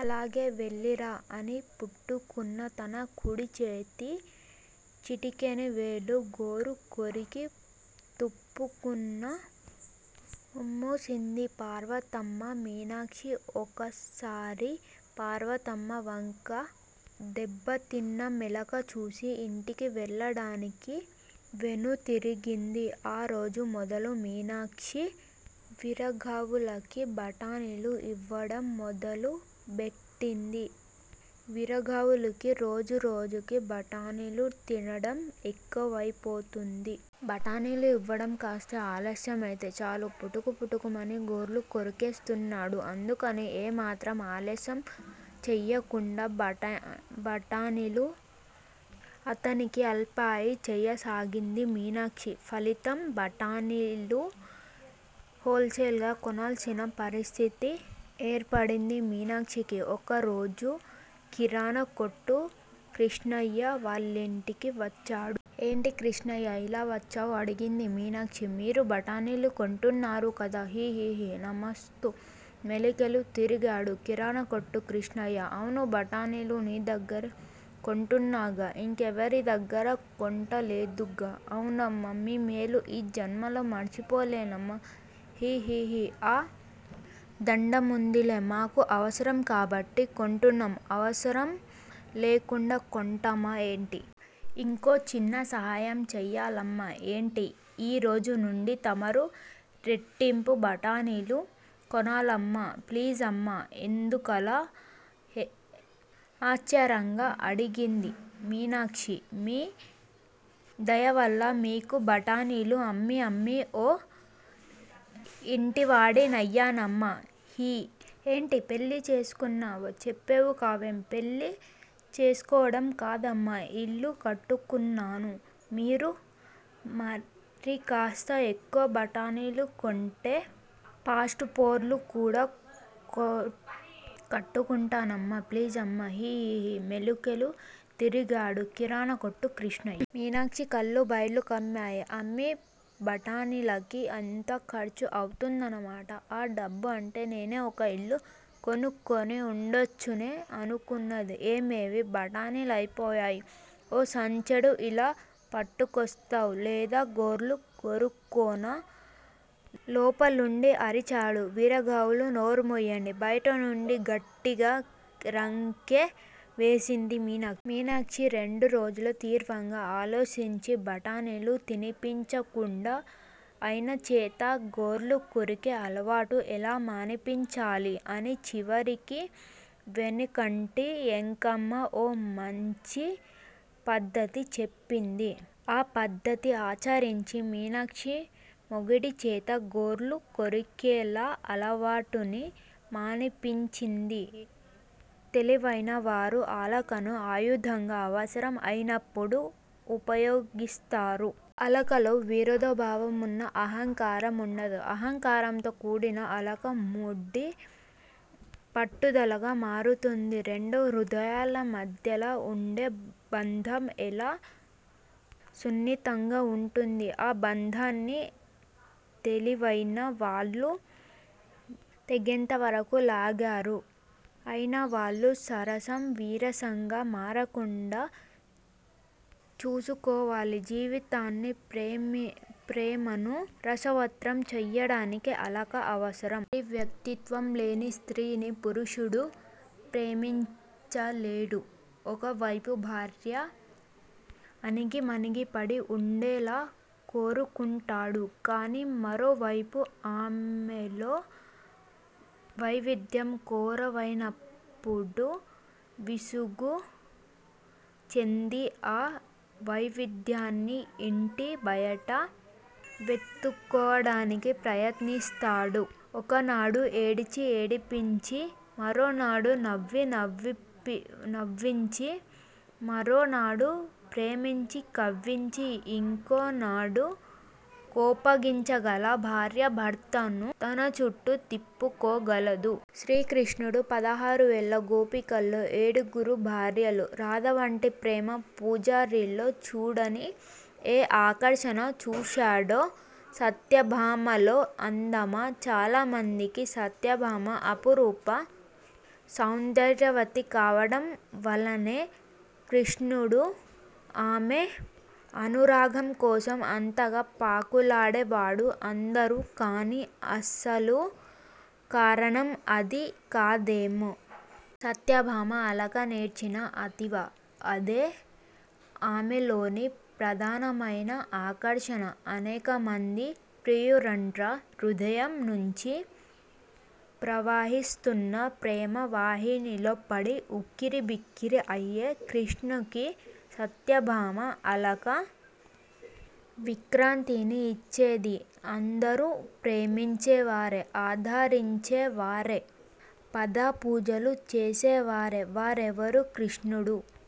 అలాగే వెళ్లిరా అని పుటుక్కున తన కుడిచేతి చిటికెనవేలు గోరు కొరికి తుపుక్కున ఉమ్మూసింది పార్వతమ్మ. మీనాక్షి ఒక్కసారి పార్వతమ్మ వంక దెబ్బతిన్న మేకలా చూసి ఇంటికి వెళ్లడానికి వెనుతిరిగింది. ఆరోజు మొదలు మీనాక్షి వీర్రఘవులుకి బఠాణీలు ఇవ్వడం మొదలు బెట్టింది. వీర్రఘవులుకి రోజు రోజుకీ బఠాణీలు తినడం ఎక్కువైపోయింది. బఠాణీలు ఇవ్వడం కాస్త ఆలస్యం అయితే చాలు పుటుక్ పుటుక్ మని గోళ్లు కొరికేస్తున్నాడు. అందుకని ఏ మాత్రం ఆలస్యం చెయ్యకుండా బఠాణీలు అతనికి అల్పాయి ఈ చేయసాగింది మీనాక్షి. ఫలితం బఠాణీలు హోల్ సేల్ గా కొనాల్సిన పరిస్థితి ఏర్పడింది మీనాక్షికి. ఒకరోజు కిరాణా కొట్టు కిష్ణయ్య వాళ్లింటికి వచ్చాడు. ఏంటి కిష్టయ్యా ఇలా వచ్చావ్? అడిగింది మీనాక్షి. మీరు బఠాణీలు కొంటున్నారుకదా హి హిహి నమస్తూ మెలికలు తిరిగాడు కిరాణా కొట్టు కిష్ణయ్య. అవునూ బఠాణీలు నీ దగ్గరే కొంటున్నాగా ఇంకెవరిదగ్గరా కొoట లేదుగా అవునమ్మా మీ మేలు ఈ జన్మలో మర్చిపోలేనమ్మా హి హిహి ఆ దoడముందిలే మాకు అవసరం కాబట్టి కొంటున్నాం అవసరం లేకుండా కొంటామా ఏంటీ? ఇంకో చిన్న సాయం చెయ్యాలమ్మా ఏంటి? ఈ రోజు నుండి తమరు రెట్టింపు బఠాణీలు కొనాలమ్మా ప్లీజమ్మా ఎందుకలా? ఆశ్చరoగా అడిగింది మీనాక్షి. మీ దయవల్ల మీకు బఠాణీలు అమ్మీ అమ్మీ ఓ ఇంటివాడినయ్యానమ్మా హి ఏంటీ? పెళ్లి చేసుకున్నావా? చెప్పేవుకావేం? పెళ్లి చేస్కోడం కాదమ్మా ఇల్లు కట్టుకున్నాను మీరు మరికాస్త ఎక్కువ బఠాణీలు కొంటే పాస్టుప్లోరు కూడా కట్టుకుంటానమ్మా ప్లీజమ్మా హి హిహి మెలికలు తిరిగాడు కిరాణా కొట్టు కిష్టయ్య. మీనాక్షి కళ్లు బైర్లు క్రమ్మాయ్ అమ్మే బఠాణీలకి అంత ఖర్చు అవుతుందన్నమాట! ఆ డబ్బుంటే నేనే ఒక ఇల్లు కొనుక్కుని ఉండొచ్చునే!! అనుకుంది. ఏమేవ్ బఠాణీలయిపోయాయ్ ఓ సంచుడు ఇలా పట్టుకొస్తావ్? లేదా గోళ్లు కొరుక్కోనా? లోపల్నుండి అరిచాడు వీర్రాఘవులు. నోర్ముయ్యండి బయటినుండి గట్టిగా రంకె వేసింది మీనాక్షి. మీనాక్షి రెండురోజులు తీవ్రంగా ఆలోచించి బఠాణీలు తినిపించకుండా ఆయనచేత గోళ్లు కొరికే అలవాటు ఎలా మాన్పించాలి-అని! చివరికి వెనకింటి వెంకమ్మ ఓ మాంఛి పద్దతి చెప్పింది. ఆ పద్దతి ఆచరించి మీనాక్షి మొగుడిచేత గోళ్లు కొరికే అలవాటుని మాన్పించింది. తెలివైన వారు ఆలకను ఆయుధంగా అవసరం అయినప్పుడు ఉపయోగిస్తారు. అలకలో విరోధ భావం ఉన్నా, అహంకారం ఉండదు. అహంకారంతో కూడిన అలక మొండి పట్టుదలగా మారుతుంది. రెండు హృదయాల మధ్య ఉండే బంధం చాలా సున్నితంగా ఉంటుంది. ఆ బంధాన్ని తెలివైన వాళ్లు తెగేంతవరకూ లాగరు. అయిన వాళ్లు సరసం విరసంగా మారకుండా చూసుకోవాలి. జీవితాన్ని, ప్రేమనూ రసవత్తరం చెయ్యడానికి అలక అవసరం. మరీ వ్యక్తిత్వం లేని స్త్రీని పురుషుడు ప్రేమించలేడు. ఒకవైపు భార్య అణిగిమణిగి పడి ఉండేలా కోరుకుంటాడు. కాని, మరోవైపు ఆమెలో వైవిధ్యం కో రవైనప్పుడు విసుగు చెంది, ఆ వైవిధ్యాన్ని ఇంటి బయట వెతుక్కోవడానికి ప్రయత్నిస్తాడు. ఒకనాడు ఏడ్చీ, ఏడిపించి, మరునాడు నవ్వి, నవ్వించి, మరోనాడు ప్రేమించి, కవ్వించి, ఇంకోనాడు కోపగించగల భార్య భర్తను తనచుట్టూ తిప్పుకోగలదు. శ్రీ కృష్ణుడు పదహారువేల గోపికల్లో, ఏడుగురు భార్యల్లో, రాధ వంటి ప్రేమ పూజారిలో చూడని ఏ ఆకర్షణ చూశాడో సత్యభామలో? అందమా? చాలా మందికి సత్యభామ అపురూప సౌందర్యవతి కావడంవల్లనే కృష్ణుడు ఆమె అనురాగంకోసం అంతగా పాకులాడేవాడు అందరూ కాని, అసలు కారణం అది కాదేమో? సత్యభామ అలకనేర్చిన అతివ. అదే ఆమెలోని ప్రధానమైన ఆకర్షణ. అనేకమంది ప్రియురoడ్ర హృదయం నుంచి ప్రవహిస్తున్న ప్రేమవాహినిలో పడి ఉక్కిరిబిక్కిరి అయే కృష్ణునకు సత్యభామ అలక విశ్రాంతిని ఇచ్చేది అందరూ ప్రేమించేవారే, ఆదరించే వారే. పాదపూజలు చేసేవారే. వారెవరూ కృష్ణుడు